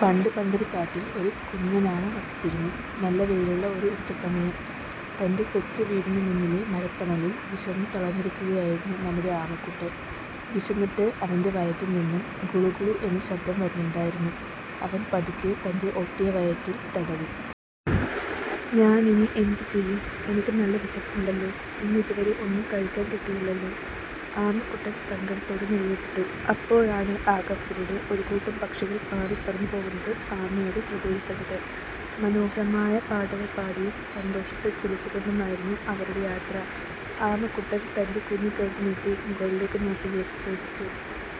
പണ്ട് പണ്ടൊരു കാട്ടിൽ ഒരു കുഞ്ഞനാമ വസിച്ചിരുന്നു. നല്ല വെയിലുള്ള ഒരു ഉച്ചസമയം. തന്റെ കൊച്ചു വീടിന് മുന്നിലെ മരത്തണലിൽ വിശന്നു തളർന്നിരിക്കുകയായിരുന്നു നമ്മുടെ ആമക്കുട്ടൻ. വിശന്നിട്ട് അവന്റെ വയറ്റിൽ നിന്നും 'ഗുളു ഗുളു' എന്ന് ശബ്ദം വരുന്നുണ്ടായിരുന്നു. അവൻ പതുക്കെ തന്റെ ഒട്ടിയ വയറ്റിൽ തടവി. "ഞാനിനി എന്തു ചെയ്യും? എനിക്ക് നല്ല വിശപ്പുണ്ടല്ലോ. ഇന്ന് ഇതുവരെ ഒന്നും കഴിക്കാൻ കിട്ടിയില്ലല്ലോ! " ആമക്കുട്ടൻ സങ്കടത്തോടെ നെടുവീർപ്പിട്ടു. അപ്പോഴാണ്, ആകാശത്തിലൂടെ ഒരു കൂട്ടം പക്ഷികൾ പാറിപറന്നു പോകുന്നത് ആമയുടെ ശ്രദ്ധയിൽപ്പെട്ടത്. മനോഹരമായ പാട്ടുകൾ പാടിയും സന്തോഷത്തിൽ ചിലച്ചു കൊണ്ടുമായിരുന്നു അവരുടെ യാത്ര. ആമക്കുട്ടൻ തന്റെ കുഞ്ഞിക്കഴുത്ത് നീട്ടി മുകളിലേക്ക് നോക്കി വിളിച്ചുചോദിച്ചു,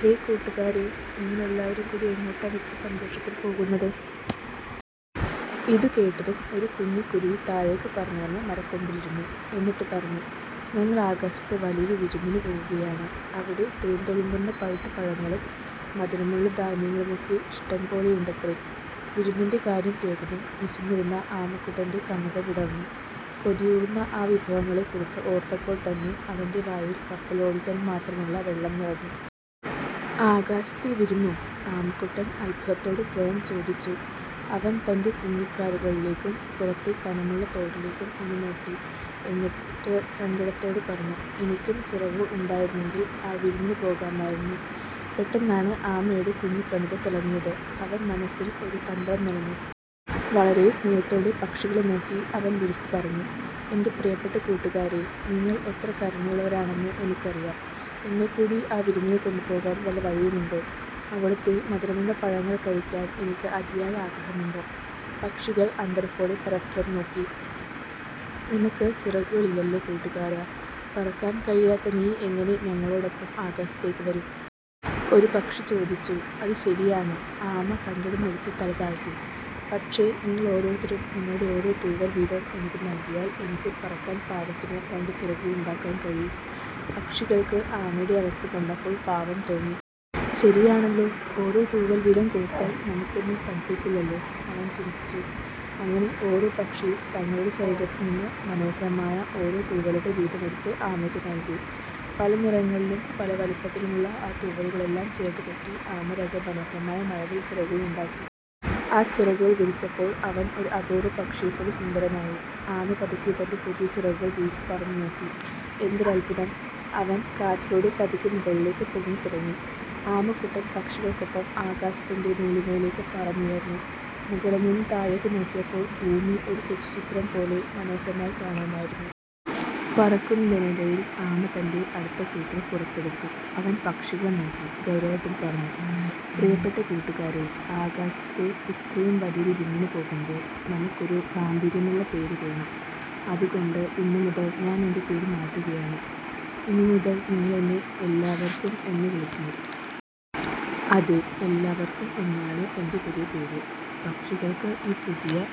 "ഹേയ് കൂട്ടുകാരേ, നിങ്ങൾ എല്ലാവരും കൂടി എങ്ങോട്ടാണ് ഇത്ര സന്തോഷത്തിൽ പോകുന്നത്? " ഇതുകേട്ടതും ഒരു കുഞ്ഞിക്കുരുവി താഴേക്ക് പറന്നുവന്ന് മരക്കൊമ്പിലിരുന്നു. എന്നിട്ട് പറഞ്ഞു. "ഞങ്ങൾ ആകാശത്ത് വലിയൊരു വിരുന്നിന് പോവുകയാണ്. അവിടെ തേൻ തുളുമ്പുന്ന പഴുത്ത പഴങ്ങളും, മധുരമുള്ള ധാന്യങ്ങളുമൊക്കെ ഇഷ്ടം പോലെയുണ്ടത്രേ! വിരുന്നിന്റെ കാര്യം കേട്ടതും വിശന്നിരുന്ന ആമക്കുട്ടന്റെ കണ്ണുകൾ വിടർന്നു! കൊതിയൂറുന്ന ആ വിഭവങ്ങളെക്കുറിച്ച് ഓർത്തപ്പോൾത്തന്നെ അവന്റെ വായിൽ കപ്പലോടിക്കാൻ മാത്രമുള്ള വെള്ളം നിറഞ്ഞു. " "ആകാശത്തൊരു വിരുന്നോ? " ആമക്കുട്ടൻ അത്ഭുതത്തോടെ സ്വയം ചോദിച്ചു. അവൻ തന്റെ കുഞ്ഞിക്കാലുകളിലേക്കും പുറത്തെ കനമുള്ള തോടിലേക്കും ഒന്ന് നോക്കി. എന്നിട്ട് സങ്കടത്തോടെ പറഞ്ഞു: "എനിക്കും ചിറകുകൾ ഉണ്ടായിരുന്നെങ്കിൽ ആ വിരുന്നിന് പോകാമായിരുന്നു. " പെട്ടെന്നാണ് ആമയുടെ കുഞ്ഞിക്കണ്ണുകൾ തിളങ്ങിയത്. അവൻ മനസ്സിൽ ഒരു തന്ത്രം മെനഞ്ഞു. വളരെ സ്നേഹത്തോടെ പക്ഷികളെ നോക്കി അവൻ വിളിച്ചുപറഞ്ഞു: "എന്റെ പ്രിയപ്പെട്ട കൂട്ടുകാരേ, നിങ്ങൾ എത്ര കരുണയുള്ളവരാണെന്ന് എനിക്കറിയാം. എന്നെക്കൂടി ആ വിരുന്നിന് കൊണ്ടുപോകാൻ വല്ല വഴിയുമുണ്ടോ? അവിടുത്തെ മധുരമുള്ള പഴങ്ങൾ കഴിക്കാൻ എനിക്ക് അതിയായ ആഗ്രഹമുണ്ട്! " പക്ഷികൾ അമ്പരപ്പോടെ പരസ്പരം നോക്കി. "നിനക്ക് ചിറകുകളില്ലല്ലോ കൂട്ടുകാരാ, പറക്കാൻ കഴിയാത്ത നീ എങ്ങനെ ഞങ്ങളോടൊപ്പം ആകാശത്തേക്ക് വരും? " ഒരു പക്ഷി ചോദിച്ചു. "അത് ശരിയാണ്," ആമ സങ്കടം നടിച്ച് തല താഴ്ത്തി. "പക്ഷേ, നിങ്ങൾ ഓരോരുത്തരും നിങ്ങളുടെ ഓരോ തൂവൽ വീതം എനിക്ക് നൽകിയാൽ, എനിക്കും പറക്കാൻ പാകത്തിന് രണ്ട് ചിറകുകൾ ഉണ്ടാക്കാൻ കഴിയും! " പക്ഷികൾക്ക് ആമയുടെ അവസ്ഥ കണ്ടപ്പോൾ പാവം തോന്നി. "ശരിയാണല്ലോ, ഓരോ തൂവൽ വീതം കൊടുത്താൽ നമുക്കൊന്നും സംഭവിക്കില്ലല്ലോ," അവർ ചിന്തിച്ചു. അങ്ങനെ ഓരോ പക്ഷിയും തങ്ങളുടെ ശരീരത്തിൽ നിന്ന് മനോഹരമായ ഓരോ തൂവലുകൾ വീതം എടുത്ത് ആമയ്ക്ക് നൽകി. പല നിറങ്ങളിലും പല വലിപ്പത്തിലുമുള്ള ആ തൂവലുകളെല്ലാം ചേർത്ത് കെട്ടി, ആമ രണ്ട് മനോഹരമായ 'മഴവിൽ ചിറകുകൾ' ഉണ്ടാക്കി. ആ ചിറകുകൾ വിരിച്ചപ്പോൾ അവൻ ഒരു അപൂർവ്വ പക്ഷിയെപ്പോലെ സുന്ദരനായി! ആമ പതുക്കെ തന്റെ പുതിയ ചിറകുകൾ വീശി പറന്നു നോക്കി. എന്തൊരത്ഭുതം! അവൻ കാറ്റിലൂടെ പതുക്കെ മുകളിലേക്ക് പൊങ്ങിത്തുടങ്ങി. ആമക്കുട്ടൻ പക്ഷികൾക്കൊപ്പം ആകാശത്തിന്റെ നീലിമയിലേക്ക് പറന്നുയർന്നു. മുകളിൽ നിന്ന് താഴേക്ക് നോക്കിയപ്പോൾ ഭൂമി ഒരു കൊച്ചു ചിത്രം പോലെ മനോഹരമായി കാണാമായിരുന്നു. പറക്കുന്നതിനിടയിൽ ആമ തന്റെ അടുത്ത സൂത്രം പുറത്തെടുത്തു. അവൻ പക്ഷികളെ നോക്കി ഗൗരവത്തിൽ പറഞ്ഞു: "പ്രിയപ്പെട്ട കൂട്ടുകാരേ, ആകാശത്തെ ഇത്ര വലിയൊരു വിരുന്നിന് പോകുമ്പോൾ നമുക്കൊരു ഗാംഭീര്യമുള്ള പേര് വേണം. അതുകൊണ്ട് ഇന്നുമുതൽ ഞാൻ എന്റെ പേര് മാറ്റുകയാണ്. ഇനിമുതൽ നിങ്ങൾ എന്നെ 'എല്ലാവർക്കും' എന്ന് വിളിക്കണം! അതെ, 'എല്ലാവർക്കും' എന്നാണ് എന്റെ പുതിയ പേര്! " പക്ഷികൾക്ക് ഈ പുതിയ